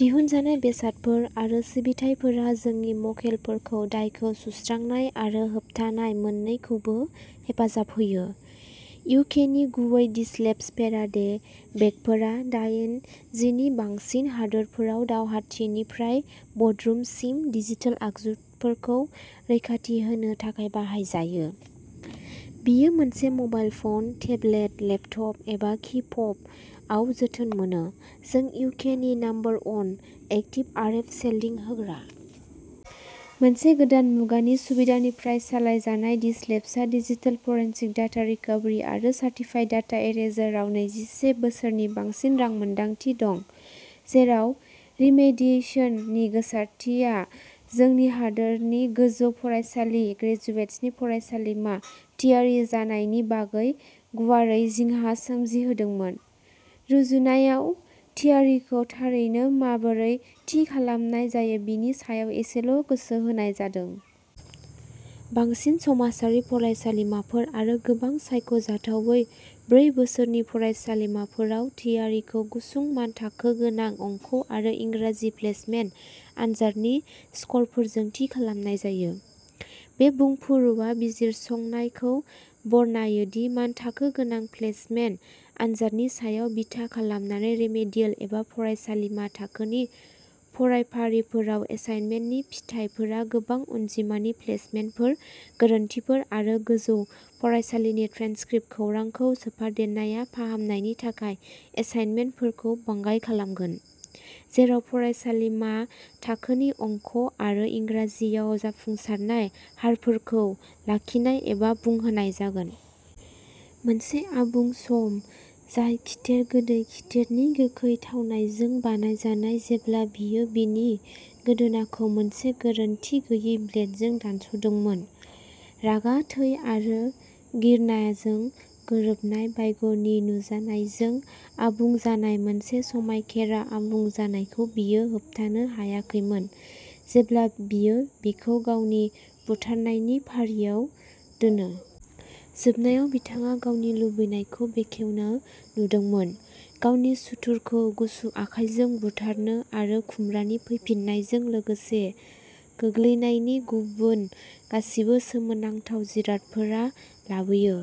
दिहुनजानाय बेसादफोर आरो सिबिथायफोरा जोंनि मक्केलफोरखौ दायखौ सुस्रांनाय आरो होबथानाय मोननैखौबो हेफाजाब होयो। इउकेनि गुबै डिस्कलेब्स फेराडे बेगफोरा दाइजिनि बांसिन हादोरफोराव दावहाथिलिनिफ्राय बर्डरुमसिम डिजिटेल आगजुफोरखौ रैखाथि होनो थाखाय बाहाय जायो। बेयो मोनसे मबाइल फन, टेबलेट, लेपटप एबा कि फबआव जाथों मानो, जों इउकेनि number one active RF shielding होग्रा। मोनसे गोदान मुगानि सुबिदानिफ्राय सालायजानाय डिस्कलेब्सहा डिजिटेल फरेनसिक, डाटा रिकभारि आरो सार्टिफाइड डाटा इरेजाराव नैजिसे बोसोरनि बांसिन रोंमोनदांथि दं। जेराव रिमेडिएसननि गोसारथिया जोंनि हादोरनि गोजौ फरायसालि ग्रेजुएट्सनि फरायसालिमा थियारि जानायनि बागै गुवारै जिंगा सोमजिहोदोंमोन, रुजुनायाव थियारिखौ थारैनो माबोरै थि खालामनाय जायो बेनि सायाव एसेल' गोसो होनाय जादों। बांसिन समाजारि फरायसालिमाफोर आरो गोबां सायख'जाथावै ब्रै बोसोरनि फरायसालिमाफोराव, थियारिखौ गुसुं मानथाखो गोनां अंक आरो इंराजि प्लेसमेन्ट आनजादनि स्करफोरजों थि खालामनाय जायो। बे बुंफुरलुआ बिजिरसंनायखौ बरनायो दि मानथाखो गोनां प्लेसमेन्ट आनजादनि सायाव बिथा खालामनानै रिमेडियेल एबा फरायसालिमा थाखोनि फरायफारिफोराव एसाइनमेन्टनि फिथाइफोरा गोबां अनजिमानि प्लेसमेन्ट गोरोन्थिफोर, आरो गोजौ फरायसालिनि ट्रान्सक्रिप्ट खौरांखौ सोफादेरनाया फाहामनायनि थाखाय एसाइनमेन्टफोरखौ बाङाइ खालामगोन, जेराव फरायसालिमा थाखोनि अंक आरो इंराजियाव जाफुंसारनाय हारफोरखौ लाखिनाय एबा बांहोनाय जागोन। मोनसे आबुं सम जाय खिथेर गोदै खिथेरनि गोखै थावनायजों बानायजानाय, जेब्ला बियो बिनि गोदोनाखौ मोनसे गोरोन्थि गैयै ब्लेडजों दानस'दोंमोन। रागा, थै आरो घिरनाजों गोरोबनाय, भाग्यनि नुजानायजों आबुं जानाय। मोनसे समायखिरा आबुं जानायखौ बियो होबथानो हायाखैमोन जेब्ला बियो बिखौ गावनि बुथारनायनि फारियाव दोनो। जोबनायाव बिथाङा गावनि लुबैनायखौ बेखेवनो नुदोंमोन। गावनि सुथुरखौ गुसु आखायजों बुथारनो आरो खुमब्रानि फैफिननायजों लोगोसे, गोग्लैनायनि गुबुन गासैबो सोमोनांथाव जिरादफोरा लाबोयो।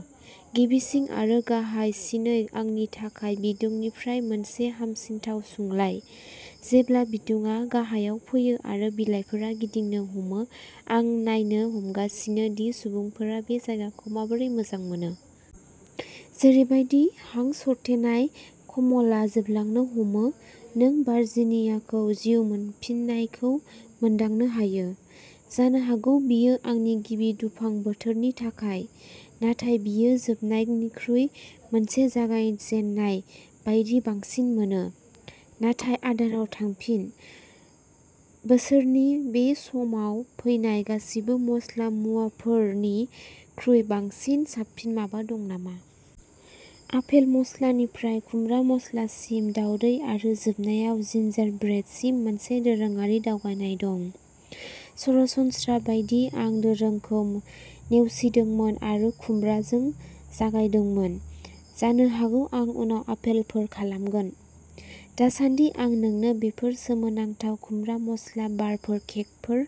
गिबिसिन आरो गाहायसिनै, आंनि थाखाय, बिदुंनिफ्राय मोनसे हामसिनथाव सुग्लाय। जेब्ला बिदुंआ गाहायाव फैयो आरो बिलाइफोरा गिदिंनो हमो, आं नायनो हमगासिनो दि सुबुंफोरा बे जायगाखौ माबोरै मोजां मोनो। जेरैबादि हां सरथेनाय कम्बलआ जोबलांनो हमो, नों भार्जिनियाखौ जिउ मोनफिननायखौ मोनदांनो हायो। जानो हागौ बेयो आंनि गिबि दुफां बोथोरनि थाखाय, नाथाय बेयो जोबनायनिख्रुइ मोनसे जागायजेननाय बायदि बांसिन मोनो। नाथाय आदाराव थांफिन। बोसोरनि बे समाव फैनाय गासैबो मस्ला मुवाफोरनिख्रुइ बांसिन साबसिन माबा दं नामा? आपेल मस्लानिफ्राय खुमब्रा मस्लासिम दावदै आरो जोबनायाव जिंजारब्रेडसिम मोनसे दोरोङारि दावगानाय दं। सरासनस्रा बायदि, आं दोरोंखौ नेवसिदोंमोन आरो खुमब्राजों जागायदोंमोन। जानो हागौ आं उनाव आपेलफोर खालामगोन। दासानदि, आं नोंनो बेफोर सोमोनांथाव खुमब्रा मस्ला बारफोर केकफोर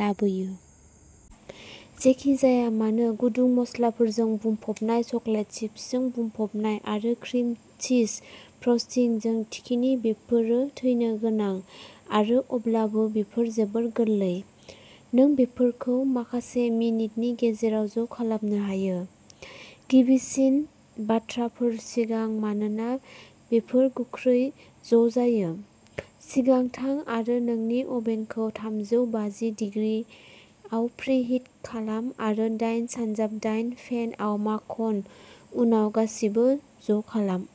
लाबोयो? जेखि जाया मानो गुदुं मस्लाफोरजों बुंफबनाय चकलेट चिप्सजों बुंफबनाय आरो क्रिम चीज फ्रस्टिंजों थिखिनि बेफोरो थैनो गोनां आरो अब्लाबो, बेफोर जोबोद गोरलै, नों बेफोरखौ माखासे मिनिटनि गेजेराव ज'खालामनो हायो। गिबिसिन बाथ्राफोर सिगां। मानोना बेफोर गोख्रै ज'जायो, सिगां थां आरो नोंनि अभेनखौ थामजौ बाजि दिग्रिआव प्रीहिट खालाम आरो दाइन सानजाब दाइन पेनआव माखन हो उनाव गासिबो ज' खालाम।